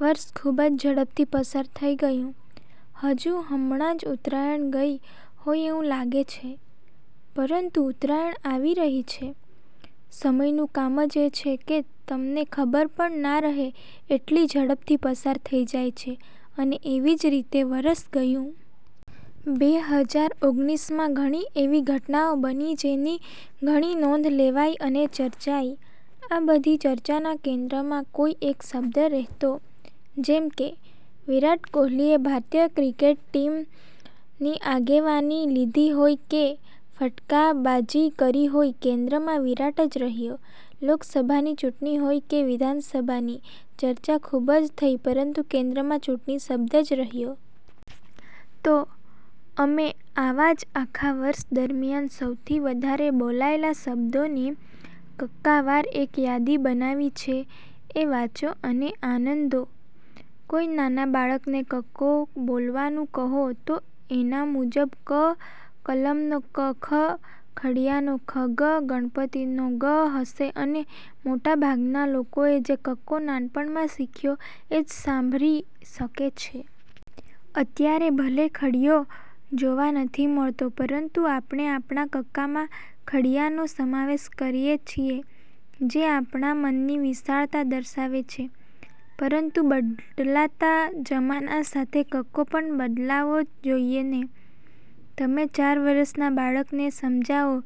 વર્ષ ખૂબ જ ઝડપથી પસાર થઈ ગયું, હજુ હમણાં જ ઉત્તરાયણ ગઈ હોય એવું લાગે છે; પરંતુ ઉત્તરાયણ આવી રહી છે. સમયનું કામ જ એ છે કે તમને ખબર પણ ના રહે એટલી ઝડપથી પસાર થઈ જાય છે અને એવી જ રીતે વર્ષ ગયું. બે હજાર ઓગણીસ માં ઘણી એવી ઘટનાઓ બની જેની ઘણી નોંધ લેવાઈ અને ચર્ચાઈ. આ બધી ચર્ચાના કેન્દ્રમાં કોઈ એક શબ્દ રહેતો. જેમ કે, વિરાટ કોહલીએ ભારતીય ક્રિકેટ ટીમની આગેવાની લીધી હોય કે ફટકાબાજી કરી હોય કેન્દ્રમાં વિરાટ જ રહ્યો, લોકસભાની ચૂંટણી હોય કે વિધાનસભાની, ચર્ચા ખૂબ થઈ પરંતુ કેન્દ્રમાં ચૂંટણી શબ્દ જ રહ્યો. તો, અમે આવા જ આખા વર્ષ દરમિયાન સૌથી વધારે બોલાયેલા શબ્દોની કક્કાવાર એક યાદી બનાવી છે એ વાંચો અને આનંદો. કોઈ નાના બાળકને કક્કો બોલવાનું કહો તો એના મુજબ ક કલમનો ક, ખ ખડિયાનો ખ, ગ ગણપતિનો ગ હશે અને મોટાભાગના લોકોએ જે કક્કો નાનપણમાં શીખ્યો એ જ સાંભરી શકે છે. અત્યારે ભલે ખડિયો જોવા નથી મળતો પરંતુ આપણે આપણા કક્કામાં ખડિયાનો સમાવેશ કરીએ છીએ જે આપણા મનની વિશાળતા દર્શાવે છે પરંતુ બદલાતા જમાના સાથે કક્કો પણ બદલાવો જ જોઈએ ને! તમે ચાર વર્ષના બાળકને સમજાવો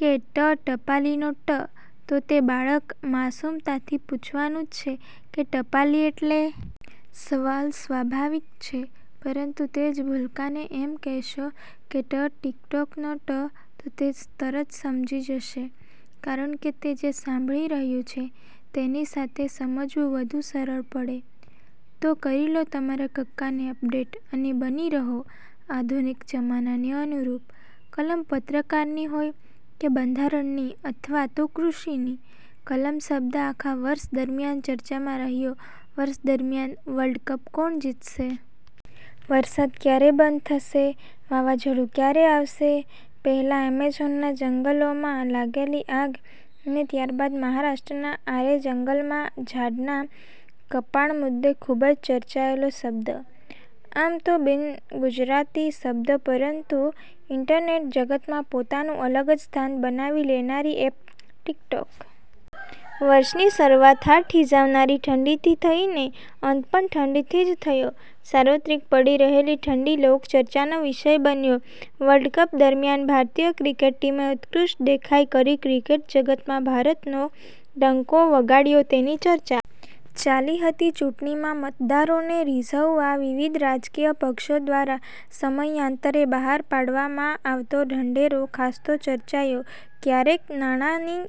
કે 'ટ ટપાલીનો ટ' તો તે બાળક માસુમતાથી પૂછવાનું જ છે કે 'ટપાલી એટલે? ' સવાલ સ્વાભાવિક છે પરંતુ તે જ ભૂલકાને એમ કહેશો કે 'ટ ટિકટોકનો ટ' તો તે તરત સમજી જશે. કારણકે તે જે સાંભળી રહ્યું છે તેની સાથે સમજવું વધુ સરળ પડે. તો કરી લો તમારા કક્કાને અપડેટ અને બની રહો 'આધુનિક જમાનાને અનુરૂપ' કલમ પત્રકારની હોય કે બંધારણની અથવા તો કૃષિની; કલમ શબ્દ આખા વર્ષ દરમિયાન ચર્ચામાં રહ્યો વર્ષ દરમિયાન "વર્લ્ડ કપ કોણ જીતશે? ", "વરસાદ ક્યારે બંધ થશે? ", "વાવાઝોડું ક્યારે આવશે? પહેલા એમેઝોનના જંગલોમાં લાગેલી આગ અને ત્યારબાદ મહારાષ્ટ્રના આરે જંગલોમાં ઝાડના કપાણ મુદ્દે ખૂબ ચર્ચાયેલો શબ્દ. આમ તો બિનગુજરાતી શબ્દ પરંતુ ઈન્ટરનેટ જગતમાં પોતાનું અલગ જ સ્થાન બનાવી લેનારી એપ ટિકટોક. વર્ષની શરૂઆત હાડ થીજાવનારી ઠંડીથી થઈને અંત પણ ઠંડીથી જ થયો. સાર્વત્રિક પડી રહેલી ઠંડી લોકચર્ચાનો વિષય બન્યો. વર્લ્ડકપ દરમિયાન ભારતીય ક્રિકેટ ટીમે ઉત્કૃષ્ટ દેખાવ કરી ક્રિકેટ જગતમાં ભારતનો ડંકો વગાડ્યો તેની ચર્ચા ચાલી હતી ચૂંટણીમાં મતદારોને રીઝવવા વિવિધ રાજકીય પક્ષો દ્વારા સમયાંતરે બહાર પાડવામાં આવતો ઢંઢેરો ખાસ્સો ચર્ચાયો ક્યારેક નાણાંની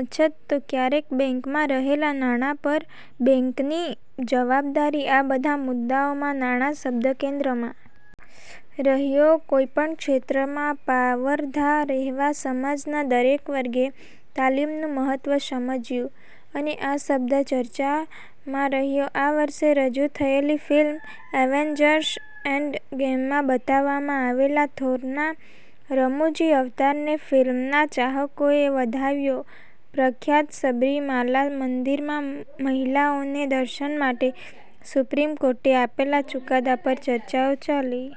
અછત તો ક્યારેક બેંકમાં રહેલાં નાણાં પર બેન્કની જવાબદારી આ બધા મુદ્દાઓમાં નાણાં શબ્દ કેન્દ્રમાં રહ્યો કોઈ પણ ક્ષેત્રમાં પાવરધા રહેવા સમાજના દરેક વર્ગે તાલીમનું મહત્ત્વ સમજ્યું અને આ શબ્દ ચર્ચામાં રહ્યો આ વર્ષે રજૂ થયેલી ફિલ્મ એવેન્જર્સ: એન્ડ ગેમમાં બતાવવામાં આવેલા થોરના રમુજી અવતારને ફિલ્મના ચાહકોએ વધાવ્યો પ્રખ્યાત સબરીમાલા મંદિરમાં મહિલાઓને દર્શન માટે સુપ્રીમ કોર્ટે આપેલા ચુકાદા પર ચર્ચાઓ ચાલી।